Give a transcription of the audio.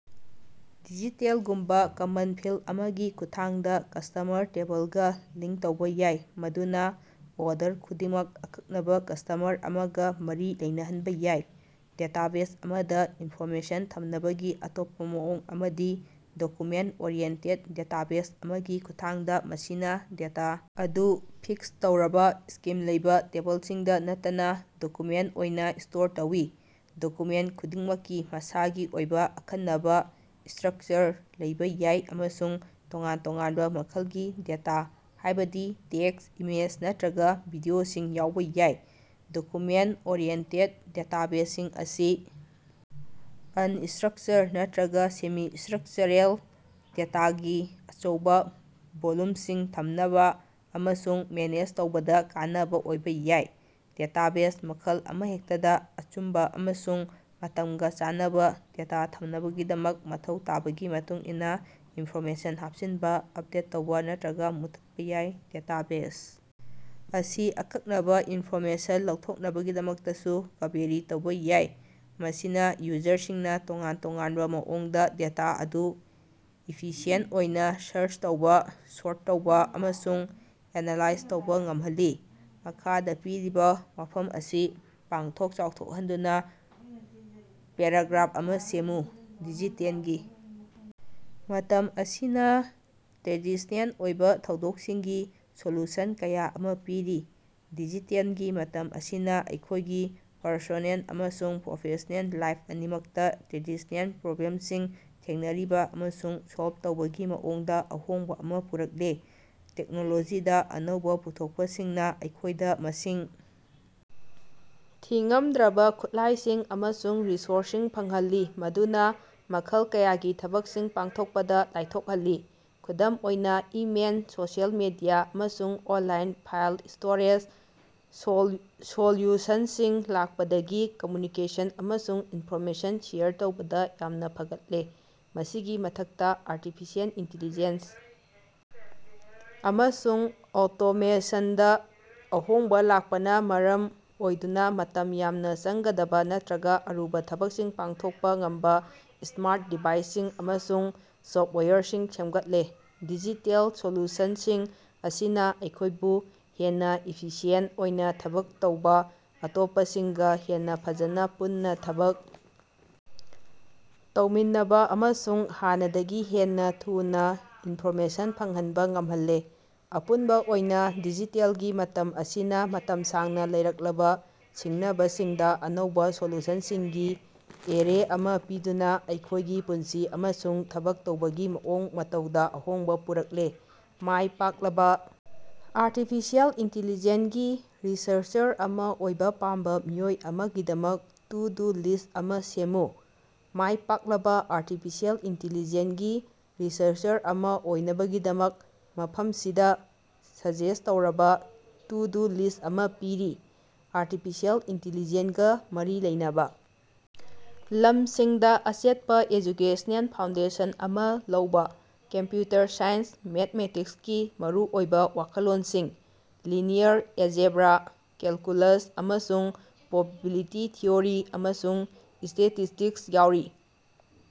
Digital ꯒꯨꯝꯕ common ꯐꯤꯜ ꯑꯃꯒꯤ ꯈꯨꯠꯊꯥꯡꯗ ꯀꯁꯇꯃꯔ ꯇꯦꯕꯜꯒ ꯂꯤꯡꯛ ꯇꯧꯕ ꯌꯥꯏ, ꯃꯗꯨꯅ ꯑꯣꯔꯗꯔ ꯈꯨꯗꯤꯡꯃꯛ ꯑꯀꯛꯅꯕ ꯀꯁꯇꯃꯔ ꯑꯃꯒ ꯃꯔꯤ ꯂꯩꯅꯍꯟꯕ ꯌꯥꯏ꯫ ꯗꯦꯇꯥꯕꯦꯖ ꯑꯃꯗ ꯏꯟꯐꯣꯔꯃꯦꯁꯟ ꯊꯝꯅꯕꯒꯤ ꯑꯇꯣꯞꯄ ꯃꯑꯣꯡ ꯑꯃꯗꯤ ꯗꯣꯀ꯭ꯌꯨꯃꯦꯟꯠ-ꯑꯣꯔꯤꯑꯦꯟꯇꯦꯠ ꯗꯦꯇꯥꯕꯦꯖ ꯑꯃꯒꯤ ꯈꯨꯠꯊꯥꯡꯗ, ꯃꯁꯤꯅ ꯗꯦꯇꯥ ꯑꯗꯨ ꯐꯤꯛꯁ ꯇꯧꯔꯕ ꯁ꯭ꯀꯤꯝ ꯂꯩꯕ ꯇꯦꯕꯜꯁꯤꯡꯗ ꯅꯠꯇꯅ ꯗꯣꯀ꯭ꯌꯨꯃꯦꯟꯠ ꯑꯣꯏꯅ ꯁ꯭ꯇꯣꯔ ꯇꯧꯏ꯫ ꯗꯣꯀ꯭ꯌꯨꯃꯦꯟꯠ ꯈꯨꯗꯤꯡꯃꯛꯀꯤ ꯃꯁꯥꯒꯤ ꯑꯣꯏꯕ ꯑꯈꯟꯅꯕ ꯁ꯭ꯇꯔꯛꯆꯔ ꯂꯩꯕ ꯌꯥꯏ ꯑꯃꯁꯨꯡ ꯇꯣꯉꯥꯟ-ꯇꯣꯉꯥꯟꯕ ꯃꯈꯜꯒꯤ ꯗꯦꯇꯥ, ꯍꯥꯏꯕꯗꯤ ꯇꯦꯛꯁ, ꯏꯃꯦꯖ ꯅꯠꯇ꯭ꯔꯒ ꯚꯤꯗꯤꯑꯣꯁꯤꯡ ꯌꯥꯎꯕ ꯌꯥꯏ꯫ ꯗꯣꯀ꯭ꯌꯨꯃꯦꯟꯠ-ꯑꯣꯔꯤꯑꯦꯟꯇꯦꯠ ꯗꯦꯇꯥꯕꯦꯖꯁꯤꯡ ꯑꯁꯤ ꯑꯟꯁꯇ꯭ꯔꯛꯆꯔ ꯅꯠꯇ꯭ꯔꯒ ꯁꯦꯃꯤ-ꯁꯇ꯭ꯔꯛꯆꯔꯦꯜ ꯗꯦꯇꯥꯒꯤ ꯑꯆꯧꯕ ꯚꯣꯜꯌꯨꯝꯁꯤꯡ ꯊꯝꯅꯕ ꯑꯃꯁꯨꯡ ꯃꯦꯅꯦꯖ ꯇꯧꯕꯗ ꯀꯥꯟꯅꯕ ꯑꯣꯏꯕ ꯌꯥꯏ꯫ ꯗꯦꯇꯥꯕꯦꯖ ꯃꯈꯜ ꯑꯃꯍꯦꯛꯇꯗ ꯑꯆꯨꯝꯕ ꯑꯃꯁꯨꯡ ꯃꯇꯝꯒ ꯆꯥꯟꯅꯕ ꯗꯦꯇꯥ ꯊꯝꯅꯕꯒꯤꯗꯃꯛ ꯃꯊꯧ ꯇꯥꯕꯒꯤ ꯃꯇꯨꯡꯏꯟꯅ ꯏꯟꯐꯣꯔꯃꯦꯁꯟ ꯍꯥꯞꯆꯤꯟꯕ, ꯑꯞꯗꯦꯠ ꯇꯧꯕ ꯅꯠꯇ꯭ꯔꯒ ꯃꯨꯠꯊꯠꯄ ꯌꯥꯏ꯫ ꯗꯦꯇꯥꯕꯦꯖ ꯑꯁꯤ ꯑꯀꯛꯅꯕ ꯏꯟꯐꯣꯔꯃꯦꯁꯟ ꯂꯧꯊꯣꯛꯅꯕꯒꯤꯗꯃꯛꯇꯁꯨ ꯀꯕꯦꯔꯤ ꯇꯧꯕ ꯌꯥꯏ, ꯃꯁꯤꯅ ꯌꯨꯖꯔꯁꯤꯡꯅ ꯇꯣꯉꯥꯟ-ꯇꯣꯉꯥꯟꯕ ꯃꯑꯣꯡꯗ ꯗꯦꯇꯥ ꯑꯗꯨ ꯏꯐꯤꯁꯤꯑꯦꯟꯠ ꯑꯣꯏꯅ ꯁꯔꯆ ꯇꯧꯕ, ꯁꯣꯔꯠ ꯇꯧꯕ ꯑꯃꯁꯨꯡ ꯑꯦꯅꯂꯥꯏꯖ ꯇꯧꯕ ꯉꯝꯍꯜꯂꯤ꯫ ꯃꯈꯥꯗ ꯄꯤꯔꯤꯕ ꯋꯥꯐꯝ ꯑꯁꯤ ꯄꯥꯛꯊꯣꯛ ꯆꯥꯎꯊꯣꯛꯍꯟꯗꯨꯅ ꯄꯦꯔꯥꯒ꯭ꯔꯥꯐ ꯑꯃ ꯁꯦꯝꯃꯨ: ꯗꯤꯖꯤꯇꯦꯜꯒꯤ ꯃꯇꯝ ꯑꯁꯤꯅ ꯇ꯭ꯔꯦꯗꯤꯁ꯭ꯅꯦꯜ ꯑꯣꯏꯕ ꯊꯧꯗꯣꯛꯁꯤꯡꯒꯤ ꯁꯣꯂꯨꯁꯟ ꯀꯌꯥ ꯑꯃ ꯄꯤꯔꯤ꯫ ꯗꯤꯖꯤꯇꯦꯜꯒꯤ ꯃꯇꯝ ꯑꯁꯤꯅ ꯑꯩꯈꯣꯏꯒꯤ ꯄꯔꯁꯣꯅꯦꯜ ꯑꯃꯁꯨꯡ ꯄ꯭ꯔꯣꯐꯦꯁ꯭ꯅꯦꯜ ꯂꯥꯏꯐ ꯑꯅꯤꯃꯛꯇ ꯇ꯭ꯔꯦꯗꯤꯁ꯭ꯅꯦꯜ ꯄ꯭ꯔꯣꯕ꯭ꯂꯦꯝꯁꯤꯡ ꯊꯦꯡꯅꯔꯤꯕ ꯑꯃꯁꯨꯡ ꯁꯣꯜꯕ ꯇꯧꯕꯒꯤ ꯃꯑꯣꯡꯗ ꯑꯍꯣꯡꯕ ꯑꯃ ꯄꯨꯔꯛꯂꯦ꯫ ꯇꯦꯛꯅꯣꯂꯣꯖꯤꯗ ꯑꯅꯧꯕ ꯄꯨꯊꯣꯛꯄꯁꯤꯡꯅ ꯑꯩꯈꯣꯏꯗ ꯃꯁꯤꯡ ꯊꯤꯉꯝꯗ꯭ꯔꯕ ꯈꯨꯠꯂꯥꯏꯁꯤꯡ ꯑꯃꯁꯨꯡ ꯔꯤꯁꯣꯔꯁꯁꯤꯡ ꯐꯪꯍꯜꯂꯤ ꯃꯗꯨꯅ ꯃꯈꯜ ꯀꯌꯥꯒꯤ ꯊꯕꯛꯁꯤꯡ ꯄꯥꯡꯊꯣꯛꯄꯗ ꯂꯥꯏꯊꯣꯛꯍꯜꯂꯤ꯫ ꯈꯨꯗꯝ ꯑꯣꯏꯅ ꯏꯃꯦꯏꯜ, ꯁꯣꯁꯤꯑꯦꯜ ꯃꯤꯗꯤꯌꯥ, ꯑꯃꯁꯨꯡ ꯑꯣꯟꯂꯥꯏꯟ ꯐꯥꯏꯜ ꯁ꯭ꯇꯣꯔꯦꯖ ꯁꯣꯜ ꯁꯣꯜꯌꯨꯁꯟꯁꯤꯡ ꯂꯥꯛꯄꯗꯒꯤ ꯀꯝꯃ꯭ꯌꯨꯅꯤꯀꯦꯁꯟ ꯑꯃꯁꯨꯡ ꯏꯟꯐꯣꯔꯃꯦꯁꯟ ꯁꯦꯌꯔ ꯇꯧꯕꯗ ꯌꯥꯝꯅ ꯐꯒꯠꯂꯦ꯫ ꯃꯁꯤꯒꯤ ꯃꯊꯛꯇ ꯑꯥꯔꯇꯤꯐꯤꯁꯤꯑꯦꯜ ꯏꯟꯇꯤꯂꯤꯖꯦꯟꯁ ꯑꯃꯁꯨꯡ ꯑꯣꯇꯣꯃꯦꯁꯟꯗ ꯑꯍꯣꯡꯕ ꯂꯥꯛꯄꯅ ꯃꯔꯝ ꯑꯣꯏꯗꯨꯅ ꯃꯇꯝ ꯌꯥꯝꯅ ꯆꯪꯒꯗꯕ ꯅꯠꯇ꯭ꯔꯒ ꯑꯔꯨꯕ ꯊꯕꯛꯁꯤꯡ ꯄꯥꯡꯊꯣꯛꯄ ꯉꯝꯕ ꯁ꯭ꯃꯥꯔꯠ ꯗꯤꯚꯥꯏꯁꯁꯤꯡ ꯑꯃꯁꯨꯡ ꯁꯣꯐꯋꯦꯌꯔꯁꯤꯡ ꯁꯦꯝꯒꯠꯂꯦ꯫ ꯗꯤꯖꯤꯇꯦꯜ ꯁꯣꯂꯨꯁꯟꯁꯤꯡ ꯑꯁꯤꯅ ꯑꯩꯈꯣꯏꯕꯨ ꯍꯦꯟꯅ ꯏꯐꯤꯁꯤꯌꯦꯟꯠ ꯑꯣꯏꯅ ꯊꯕꯛ ꯇꯧꯕ, ꯑꯇꯣꯞꯄꯁꯤꯡꯒ ꯍꯦꯟꯅ ꯐꯖꯅ ꯄꯨꯟꯅ ꯊꯕꯛ ꯇꯧꯃꯤꯟꯅꯕ ꯑꯃꯁꯨꯡ ꯍꯥꯟꯅꯗꯒꯤ ꯍꯦꯟꯅ ꯊꯨꯅ ꯏꯟꯐꯣꯔꯃꯦꯁꯟ ꯐꯪꯍꯟꯕ ꯉꯝꯍꯜꯂꯦ꯫ ꯑꯄꯨꯟꯕ ꯑꯣꯏꯅ ꯗꯤꯖꯤꯇꯦꯜꯒꯤ ꯃꯇꯝ ꯑꯁꯤꯅ ꯃꯇꯝ ꯁꯥꯡꯅ ꯂꯩꯔꯛꯂꯕ ꯁꯤꯡꯅꯕꯁꯤꯡꯗ ꯑꯅꯧꯕ ꯁꯣꯂꯨꯁꯟꯁꯤꯡꯒꯤ ꯑꯦꯔꯦ ꯑꯃꯥ ꯄꯤꯗꯨꯅ ꯑꯩꯈꯣꯏꯒꯤ ꯄꯨꯟꯁꯤ ꯑꯃꯁꯨꯡ ꯊꯕꯛ ꯇꯧꯕꯒꯤ ꯃꯑꯣꯡ ꯃꯇꯧꯗ ꯑꯍꯣꯡꯕ ꯄꯨꯔꯛꯂꯦ꯫ ꯃꯥꯏ ꯄꯥꯛꯂꯕ ꯑꯥꯔꯇꯤꯐꯤꯁꯦꯜ ꯏꯟꯇꯦꯂꯤꯖꯦꯟ ꯒꯤ ꯔꯤꯁꯔꯆꯔ ꯑꯃ ꯑꯣꯏꯕ ꯄꯥꯝꯕ ꯃꯤꯑꯣꯏ ꯑꯃꯒꯤꯗꯃꯛ ꯇꯨ-ꯗꯨ ꯂꯤꯁ꯭ꯠ ꯑꯃ ꯁꯦꯝꯃꯨ꯫ ꯃꯥꯏ ꯄꯥꯛꯂꯕ ꯑꯥꯔꯇꯤꯐꯤꯁꯦꯜ ꯏꯟꯇꯦꯂꯤꯖꯦꯟ ꯒꯤ ꯔꯤꯁꯔꯆꯔ ꯑꯃ ꯑꯣꯏꯅꯕꯒꯤꯗꯃꯛ, ꯃꯐꯝꯁꯤꯗ ꯁꯖꯦꯁ ꯇꯧꯔꯕ ꯇꯨ-ꯗꯨ ꯂꯤꯁ ꯑꯃ ꯄꯤꯔꯤ: ꯑꯥꯔꯇꯤꯐꯤꯁꯦꯜ ꯏꯟꯇꯦꯂꯤꯖꯦꯟ ꯒ ꯃꯔꯤ ꯂꯩꯅꯕ ꯂꯝꯁꯤꯡꯗ ꯑꯆꯦꯠꯄ ꯑꯦꯖꯨꯀꯦꯁꯅꯦꯜ ꯐꯥꯎꯟꯗꯦꯁꯟ ꯑꯃ ꯂꯧꯕ꯫ ꯀꯝꯞꯌꯨꯇꯔ ꯁꯥꯏꯟꯁ, ꯃꯦꯊꯃꯦꯇꯤꯛꯁꯀꯤ ꯃꯔꯨꯑꯣꯏꯕ ꯋꯥꯈꯜꯂꯣꯟꯁꯤꯡ (ꯂꯤꯅꯤꯌꯔ ꯑꯦꯖꯦꯕ꯭ꯔꯥ, ꯀꯦꯜꯀꯨꯂꯁ, ꯑꯃꯁꯨꯡ ꯄ꯭ꯔꯣꯕꯤꯕꯤꯂꯤꯇꯤ ꯊꯤꯑꯣꯔꯤ), ꯑꯃꯁꯨꯡ ꯁ꯭ꯇꯦꯇꯤꯁꯇꯤꯛꯁ ꯌꯥꯎꯔꯤ꯫